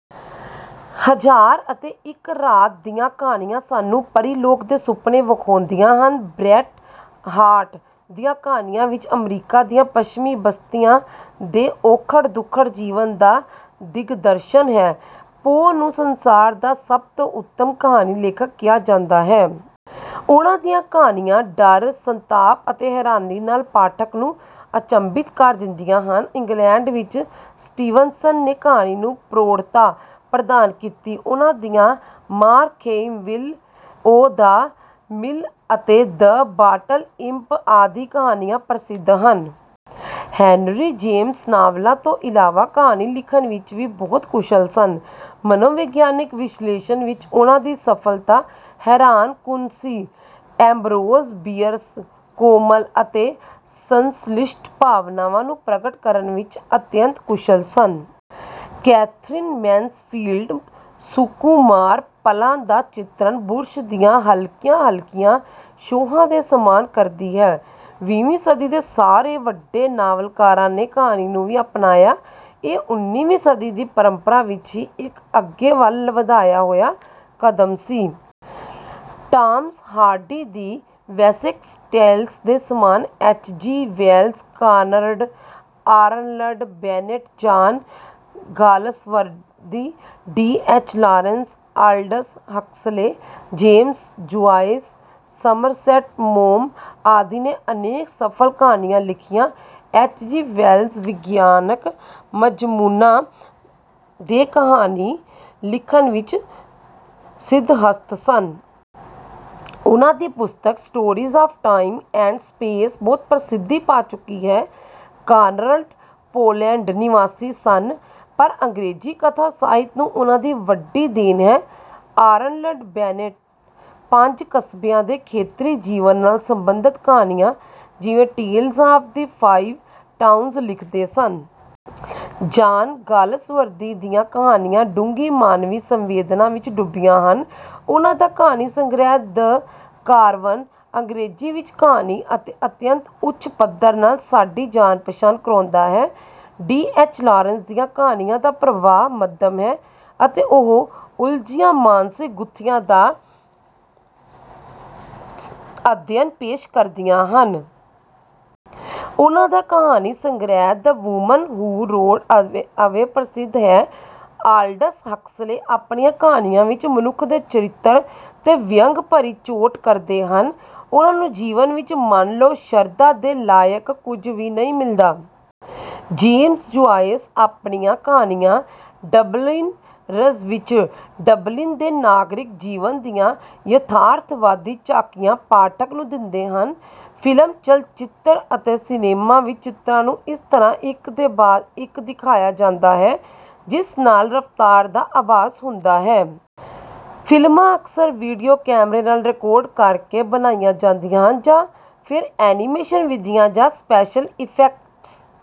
ਹਜ਼ਾਰ ਅਤੇ ਇੱਕ ਰਾਤ ਦੀਆਂ ਕਹਾਣੀਆਂ ਸਾਨੂੰ ਪਰੀਲੋਕ ਦੇ ਸੁਪਨੇ ਵਿਖਾਉਂਦੀਆਂ ਹਨ। ਬ੍ਰੈਟ ਹਾਰਟ ਦੀਆਂ ਕਹਾਣੀਆਂ ਵਿੱਚ ਅਮਰੀਕਾ ਦੀਆਂ ਪੱਛਮੀ ਬਸਤੀਆਂ ਦੇ ਔਖੜ-ਦੁਖੜ ਜੀਵਨ ਦਾ ਦਿਗਦਰਸ਼ਨ ਹੈ। ਪੋ ਨੂੰ ਸੰਸਾਰ ਦਾ ਸਭ ਤੋਂ ਉੱਤਮ ਕਹਾਣੀ ਲੇਖਕ ਕਿਹਾ ਜਾਂਦਾ ਹੈ। ਉਨ੍ਹਾਂ ਦੀਆਂ ਕਹਾਣੀਆਂ ਡਰ, ਸੰਤਾਪ ਅਤੇ ਹੈਰਾਨੀ ਨਾਲ ਪਾਠਕ ਨੂੰ ਅਚੰਭਿਤ ਕਰ ਦਿੰਦੀਆਂ ਹਨ। ਇੰਗਲੈਂਡ ਵਿੱਚ ਸਟੀਵਨਸਨ ਨੇ ਕਹਾਣੀ ਨੂੰ ਪ੍ਰੌੜਤਾ ਪ੍ਰਦਾਨ ਕੀਤੀ। ਉਨ੍ਹਾਂ ਦੀਆਂ ਮਾਰਖੇਇਮ, ਵਿਲ ਓ ਦ ਮਿਲ ਅਤੇ ਦ ਬਾਟਲ ਇੰਪ ਆਦਿ ਕਹਾਣੀਆਂ ਪ੍ਰਸਿੱਧ ਹਨ। ਹੈਨਰੀ ਜੇਮਸ ਨਾਵਲਾਂ ਤੋਂ ਇਲਾਵਾ ਕਹਾਣੀ ਲਿਖਣ ਵਿੱਚ ਵੀ ਬਹੁਤ ਕੁਸ਼ਲ ਸਨ। ਮਨੋਵਿਗਿਆਨਕ ਵਿਸ਼ਲੇਸ਼ਣ ਵਿੱਚ ਉਨ੍ਹਾਂ ਦੀ ਸਫਲਤਾ ਹੈਰਾਨਕੁਨ ਸੀ। ਐਂਬਰੋਜ਼ ਬੀਅਰਸ ਕੋਮਲ ਅਤੇ ਸੰਸ਼ਲਿਸ਼ਟ ਭਾਵਨਾਵਾਂ ਨੂੰ ਪ੍ਰਗਟ ਕਰਨ ਵਿੱਚ ਅਤਿਅੰਤ ਕੁਸ਼ਲ ਸਨ। ਕੈਥਰੀਨ ਮੈਨਸਫੀਲਡ ਸੁਕੁਮਾਰ ਪਲਾਂ ਦਾ ਚਿਤਰਨ ਬੁਰਸ਼ ਦੀਆਂ ਹਲਕੀਆਂ-ਹਲਕੀਆਂ ਛੋਹਾਂ ਦੇ ਸਮਾਨ ਕਰਦੀ ਹੈ। ਵੀਹਵੀਂ ਸਦੀ ਦੇ ਸਾਰੇ ਵੱਡੇ ਨਾਵਲਕਾਰਾਂ ਨੇ ਕਹਾਣੀ ਨੂੰ ਵੀ ਅਪਣਾਇਆ। ਇਹ ਉਨੀਵੀਂ ਸਦੀ ਦੀ ਪਰੰਪਰਾ ਵਿੱਚ ਹੀ ਇੱਕ ਅੱਗੇ ਵੱਲ ਵਧਾਇਆ ਹੋਇਆ ਕਦਮ ਸੀ। ਟਾਮਸ ਹਾਰਡੀ ਦੀ ਵੇਸੈਕਸ ਟੇਲਸ ਦੇ ਸਮਾਨ H. G. Wells, Conrad, Arnold Bennett, John Galsworthy, D. H. Lawrence, Aldous Huxley, James Joyce, Somerset Maugham ਆਦਿ ਨੇ ਅਨੇਕ ਸਫਲ ਕਹਾਣੀਆਂ ਲਿਖੀਆਂ। ਐਚ. ਜੀ. ਵੈਲਜ਼ ਵਿਗਿਆਨਕ ਮਜ਼ਮੂਨਾਂ 'ਤੇ ਕਹਾਣੀ ਲਿਖਣ ਵਿੱਚ ਸਿਧਹਸਤ ਸਨ। ਉਨ੍ਹਾਂ ਦੀ ਪੁਸਤਕ stories of time and space ਬਹੁਤ ਪ੍ਰਸਿੱਧੀ ਪਾ ਚੁੱਕੀ ਹੈ। ਕਾਨਰਡ ਪੋਲੈਂਡ ਨਿਵਾਸੀ ਸਨ, ਪਰ ਅੰਗਰੇਜ਼ੀ ਕਥਾ ਸਾਹਿਤ ਨੂੰ ਉਨ੍ਹਾਂ ਦੀ ਵੱਡੀ ਦੇਣ ਹੈ। ਆਰਨਲਡ ਬੈਨੇਟ ਪੰਜ ਕਸਬਿਆਂ ਦੇ ਖੇਤਰੀ ਜੀਵਨ ਨਾਲ ਸਬੰਧਤ ਕਹਾਣੀਆਂ, ਜਿਵੇਂ tales of the five towns ਲਿਖਦੇ ਸਨ। ਜਾਨ ਗਾਲਸਵਰਦੀ ਦੀਆਂ ਕਹਾਣੀਆਂ ਡੂੰਘੀ ਮਾਨਵੀ ਸੰਵੇਦਨਾ ਵਿੱਚ ਡੁੱਬੀਆਂ ਹਨ। ਉਨ੍ਹਾਂ ਦਾ ਕਹਾਣੀ ਸੰਗ੍ਰਹਿ ਦ ਕਾਰਵਨ ਅੰਗਰੇਜ਼ੀ ਵਿੱਚ ਕਹਾਣੀ ਦੇ ਅਤਿਅੰਤ ਉੱਚ ਪੱਧਰ ਨਾਲ ਸਾਡੀ ਜਾਣ-ਪਛਾਣ ਕਰਾਉਂਦਾ ਹੈ। ਡੀ. ਐਚ. ਲਾਰੇਂਸ ਦੀਆਂ ਕਹਾਣੀਆਂ ਦਾ ਪ੍ਰਵਾਹ ਮੱਧਮ ਹੈ ਅਤੇ ਉਹ ਉਲਝੀਆਂ ਮਾਨਸਿਕ ਗੁੱਥੀਆਂ ਦਾ ਅਧਿਐਨ ਪੇਸ਼ ਕਰਦੀਆਂ ਹਨ। ਉਨ੍ਹਾਂ ਦਾ ਕਹਾਣੀ ਸੰਗ੍ਰਹਿ ਦ ਵੂਮਨ ਹੂ ਰੋਡ ਅਵੇ ਪ੍ਰਸਿੱਧ ਹੈ। ਆਲਡਸ ਹਕਸਲੇ ਆਪਣੀਆਂ ਕਹਾਣੀਆਂ ਵਿੱਚ ਮਨੁੱਖ ਦੇ ਚਰਿੱਤਰ 'ਤੇ ਵਿਅੰਗ ਭਰੀ ਚੋਟ ਕਰਦੇ ਹਨ। ਉਨ੍ਹਾਂ ਨੂੰ ਜੀਵਨ ਵਿੱਚ ਮੰਨ ਲਓ ਸ਼ਰਧਾ ਦੇ ਲਾਇਕ ਕੁਝ ਵੀ ਨਹੀਂ ਮਿਲਦਾ। ਜੇਮਸ ਜੁਆਇਸ ਆਪਣੀਆਂ ਕਹਾਣੀਆਂ ਡਬਲਿਨਰਜ਼ ਵਿੱਚ ਡਬਲਿਨ ਦੇ ਨਾਗਰਿਕ ਜੀਵਨ ਦੀਆਂ ਯਥਾਰਥਵਾਦੀ ਝਾਕੀਆਂ ਪਾਠਕ ਨੂੰ ਦਿੰਦੇ ਹਨ। ਫ਼ਿਲਮ, ਚਲਚਿੱਤਰ ਅਤੇ ਸਿਨੇਮਾ ਵਿੱਚ ਚਿੱਤਰਾਂ ਨੂੰ ਇਸ ਤਰ੍ਹਾਂ ਇੱਕ ਦੇ ਬਾਅਦ ਇੱਕ ਦਿਖਾਇਆ ਜਾਂਦਾ ਹੈ ਜਿਸ ਨਾਲ ਰਫ਼ਤਾਰ ਦਾ ਆਭਾਸ ਹੁੰਦਾ ਹੈ। ਫਿਲਮਾਂ ਅਕਸਰ ਵੀਡੀਓ ਕੈਮਰੇ ਨਾਲ ਰਿਕਾਰਡ ਕਰਕੇ ਬਣਾਈਆਂ ਜਾਂਦੀਆਂ ਹਨ, ਜਾਂ ਫਿਰ ਐਨੀਮੇਸ਼ਨ ਵਿਧੀਆਂ ਜਾਂ ਸਪੈਸ਼ਲ ਇਫੈਕਟਸ